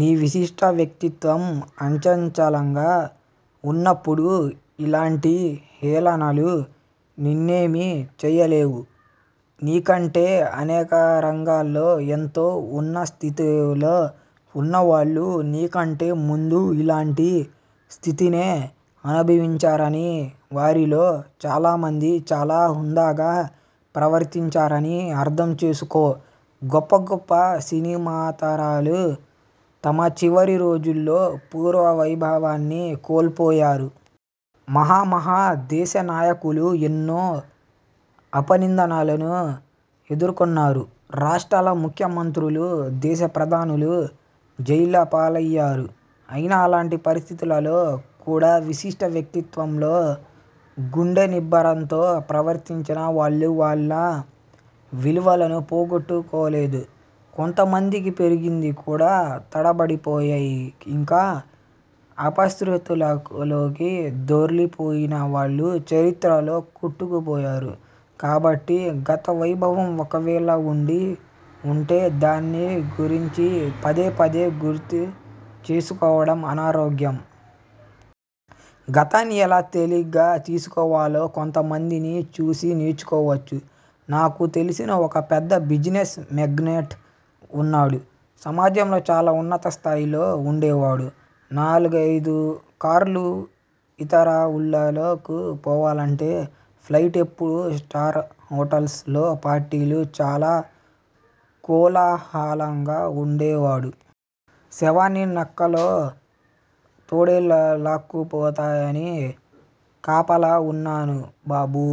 నీ విశిష్ట వ్యక్తిత్వం అచంచలంగా వున్నప్పుడు, ఇలాంటి హేళనలు నిన్నేమీ చేయలేవు. నీకంటే అనేకరంగాల్లో ఎంతో ఉన్నస్థితిలో వున్నవాళ్ళు నీకంటే ముందు ఇలాంటి స్థితినే అనుభవించారనీ, వారిలో చాలామంది చాలా హుందాగా ప్రవర్తించారనీ అర్ధంచేసుకో. గొప్ప గొప్ప సినిమాతారలు తమ చివరి రోజుల్లో పూర్వవైభవాన్ని కోల్పోయారు. మహా మహా దేశనాయకులు ఎన్నో అపనిందనలను ఎదుర్కొన్నారు. రాష్ట్రాల ముఖ్య మంత్రులు, దేశప్రధానులు జైళ్ళపాలయ్యారు. అయినా అలాంటి పరిస్థితులలోకూడా విశిష్ట వ్యక్తిత్వంతో, గుండెనిబ్బరంతో ప్రవర్తించిన వాళ్ళు, వాళ్ళ విలువలను పోగొట్టు కోలేదు. కొంతమందికి పెరిగింది కూడా. తడబడిపోయి ఇంకా అపశ్రుతులలోకి దొర్లిపోయినవాళ్ళు చరిత్రలో కొట్టుకుపోయారు. కాబట్టి గతవైభవం ఒకవేళ వుండి వుంటే దాన్నిగురించి పదేపదే గుర్తుచేసుకోవటం అనారోగ్యం. గతాన్ని ఎలా తేలిగ్గా తీసుకోవాలో కొంతమందిని చూసి నేర్చుకోవచ్చు. నాకు తెలిసిన ఒక పెద్ద బిజినెస్ మేగ్నెట్ వున్నాడు. సమాజంలో చాలా ఉన్నత స్థాయిలో వుండేవాడు. నాలుగైదు కార్లు, ఇతర ఊళ్ళకు పోవాలంటే ఫ్లైట్లు ఎప్పుడూ స్టార్ హోటల్స్ లో పార్టీలు, చాలా కోలాహలంగా వుండేవాడు. శవాన్ని నక్కలో, తోడేళ్లో లాక్కుపోతాయని కాపలా వున్నాను బాబూ.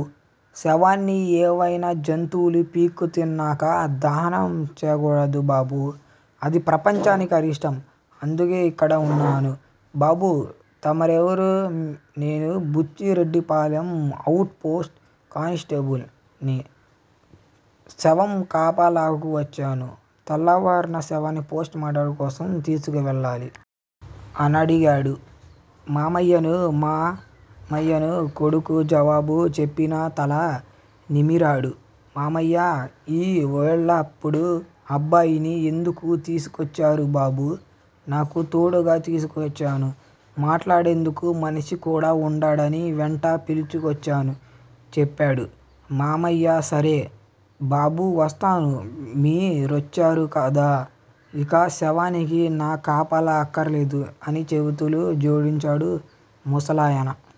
శవాన్ని ఏవైనా జంతువులు పీక్కుతిన్నాక దహనం చేయకూడదు బాబూ. అది ప్రపంచానికి అరిష్టం. అందుకే ఇక్కడ వున్నాను బాబూ. తమరెవరు? నేను బుచ్చిరెడ్డిపాలెం ఔట్ పోస్ట్ కానిస్టేబుల్ ని. శవం కాపలాకు వచ్చాను. తెల్లవారిన శవాన్ని పోస్ట్ మార్టం కోసం తీసుకెళ్ళాలి. అనడిగాడు మామయ్యను. మా మామయ్య కొడుకు జవాబు చెప్పినా తల నిమిరాడు మామయ్య. ఈ వేళప్పుడు అబ్బాయిని ఎందుకు తీసుకొచ్చారు బాబూ? నాకు తోడుగా తీసుకొచ్చాను. మాట్లాడేందుకు మనిషి కూడా వుండడని వెంట పిలుచుకొచ్చాను చెప్పాడు మామయ్య. సరే బాబూ! వస్తాను. మీరొచ్చారు గదా. ఇక శవానికి నా కాపలా అక్కర్లేదు అని చేతులు జోడించాడు ముసలాయన.